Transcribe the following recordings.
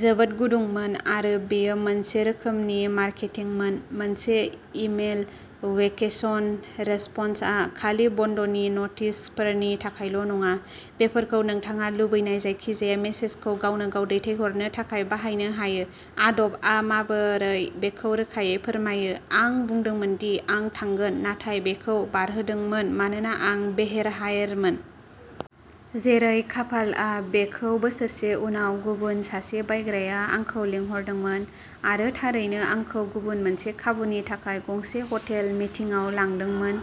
जोबोद गुदुंमोन आरो बेयो मोनसे रोखोमनि मार्केटिंमोन। मोनसे इमेल वेकेसन रेसपन्सआ खालि बन्दनि नटिसफोरनि थाखायल' नङा। बेफोरखौ नोंथाङा लुबैनाय जायखिजाया मेसेजखौ गावनो-गाव दैथायहरनो थाखाय बाहायनो हायो। आदब आ माबोरै बेखौ रोखायै फोरमायो। आं बुंदोंमोन दि आं थांगोन नाथाय बेखौ बारहोदोंमोन मानोना आं बेहेर हायेरमोन। जेरै खाफालआ बेखौ बोसोरसे उनाव गुबुन सासे बायग्राया आंखौ लिंहरदोंमोन आरो थारैनो आंखौ गुबुन मोनसे खाबुनि थाखाय गंसे हटेल मिटिंआव लांदोंमोन।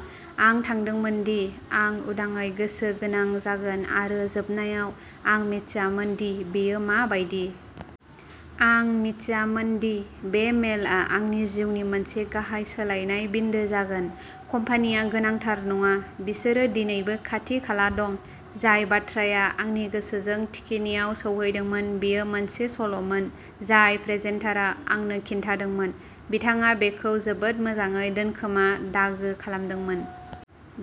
आं थांदोंमोन दि आं उदाङै गोसो गोनां जागोन आरो जोबनायाव, आं मिथियामोन दि बेयो मा बायदि। आं मिथियामोन दि बे मेलआ आंनि जिउनि मोनसे गाहाय सोलायनाय बिन्दो जागोन। कम्पानिया गोनांथार नङा। बिसोरो दिनैबो खाथि-खाला दं। जाय बाथ्राया आंनि गोसोजों थिखिनिआव सौहैदोंमोन बेयो मोनसे सल'मोन जाय प्रेजेन्टारआ आंनो खिन्थादोंमोन। बिथाङा बेखौ जोबोद मोजाङै दोनखोमा-दागो खालामदोंमोन।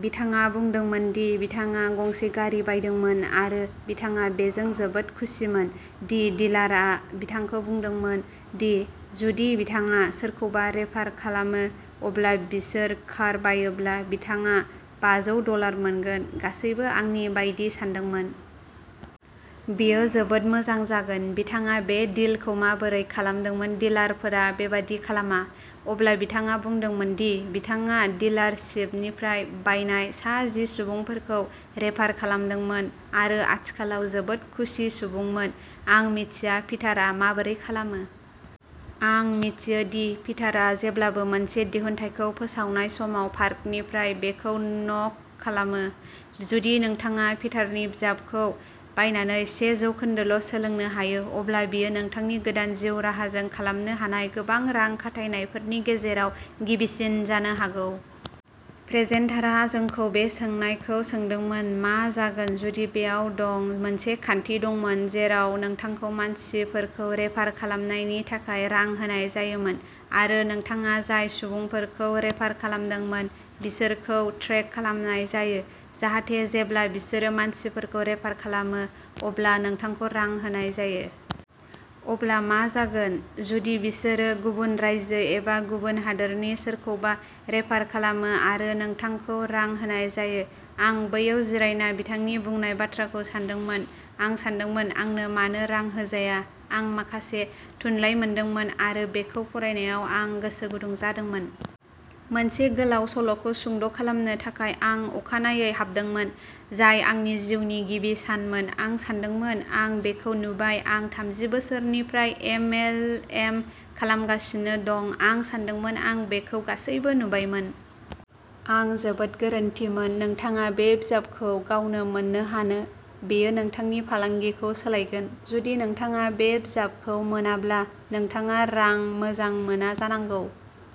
बिथाङा बुंदोंमोन दि बिथाङा गंसे गारि बायदोंमोन आरो बिथाङा बेजों जोबोद खुसिमोन दि डिलारआ बिथांखौ बुंदोंमोन दि जुदि बिथाङा सोरखौबा रेफार खालामो, अब्ला बिसोर कार बायोब्ला बिथाङा बाजौ डलार मोनगोन। गासैबो आंनि बायदि सानदोंमोन। बेयो जोबोद मोजां जागोन। बिथाङा बे डिलखौ माबोरै खालामदोंमोन डिलारफोरा बेबादि खालामा। अब्ला बिथाङा बुंदोंमोन दि बिथाङा डिलारशिपनिफ्राय बायनाय सा जि सुबुंफोरखौ रेफार खालामदोंमोन आरो आथिखालाव जोबोद खुसि सुबुंमोन। आं मिथिया पिटारआ माबोरै खालामो। आं मिथियो दि पिटारआ जेब्लाबो मोनसे दिहुनथाइखौ फोसावनाय समाव पार्कनिफ्राय बेखौ न'क खालामो। जुदि नोंथाङा पिटारनि बिजाबखौ बायनानै से जौखोन्दोल' सोलोंनो हायो, अब्ला बेयो नोंथांनि गोदान जिउ राहाजों खालामनो हानाय गोबां रां खाथायनायफोरनि गेजेराव गिबिसिन जानो हागौ। प्रेजेन्टारआ जोंखौ बे सोंनायखौ सोंदोंमोन। मा जागोन जुदि बेयाव दं, मोनसे खान्थि दंमोन जेराव नोंथांखौ मानसिफोरखौ रेफार खालामनायनि थाखाय रां होनाय जायोमोन, आरो नोंथाङा जाय सुबुंफोरखौ रेफार खालामदोंमोन, बिसोरखौ ट्रेक खालामनाय जायो, जाहाथे जेब्ला बिसोरो मानसिफोरखौ रेफार खालामो, अब्ला नोंथांखौ रां होनाय जायो। अब्ला मा जागोन जुदि बिसोरो गुबुन रायजो एबा गुबुन हादोरनि सोरखौबा रेफार खालामो आरो नोंथांखौ रां होनाय जायो आं बैयाव जिरायना बिथांनि बुंनाय बाथ्राखौ सानदोंमोन। आं सानदोंमोन, आंनो मानो रां होजाया आं माखासे थुनलाइ मोनदोंमोन आरो बेखौ फरायनायाव आं गोसो गुदुं जादोंमोन। मोनसे गोलाव सल'खौ सुंद' खालामनो थाखाय, आं अखानायै हाबदोंमोन, जाय आंनि जिउनि गिबि सानमोन। आं सानदोंमोन आं बेखौ नुबाय आं थामजि बोसोरनिफ्राय एम एल एम खालामगासिनो दं। आं सानदोंमोन आं बेखौ गासैबो नुबायमोन। आं जोबोद गोरोन्थिमोन। नोंथाङा बे बिजाबखौ गावनो मोन्नो हानो बेयो नोंथांनि फालांगिखौ सोलायगोन। जुदि नोंथाङा बे बिजाबखौ मोनाब्ला नोंथाङा रां मोजां मोना जानांगौ।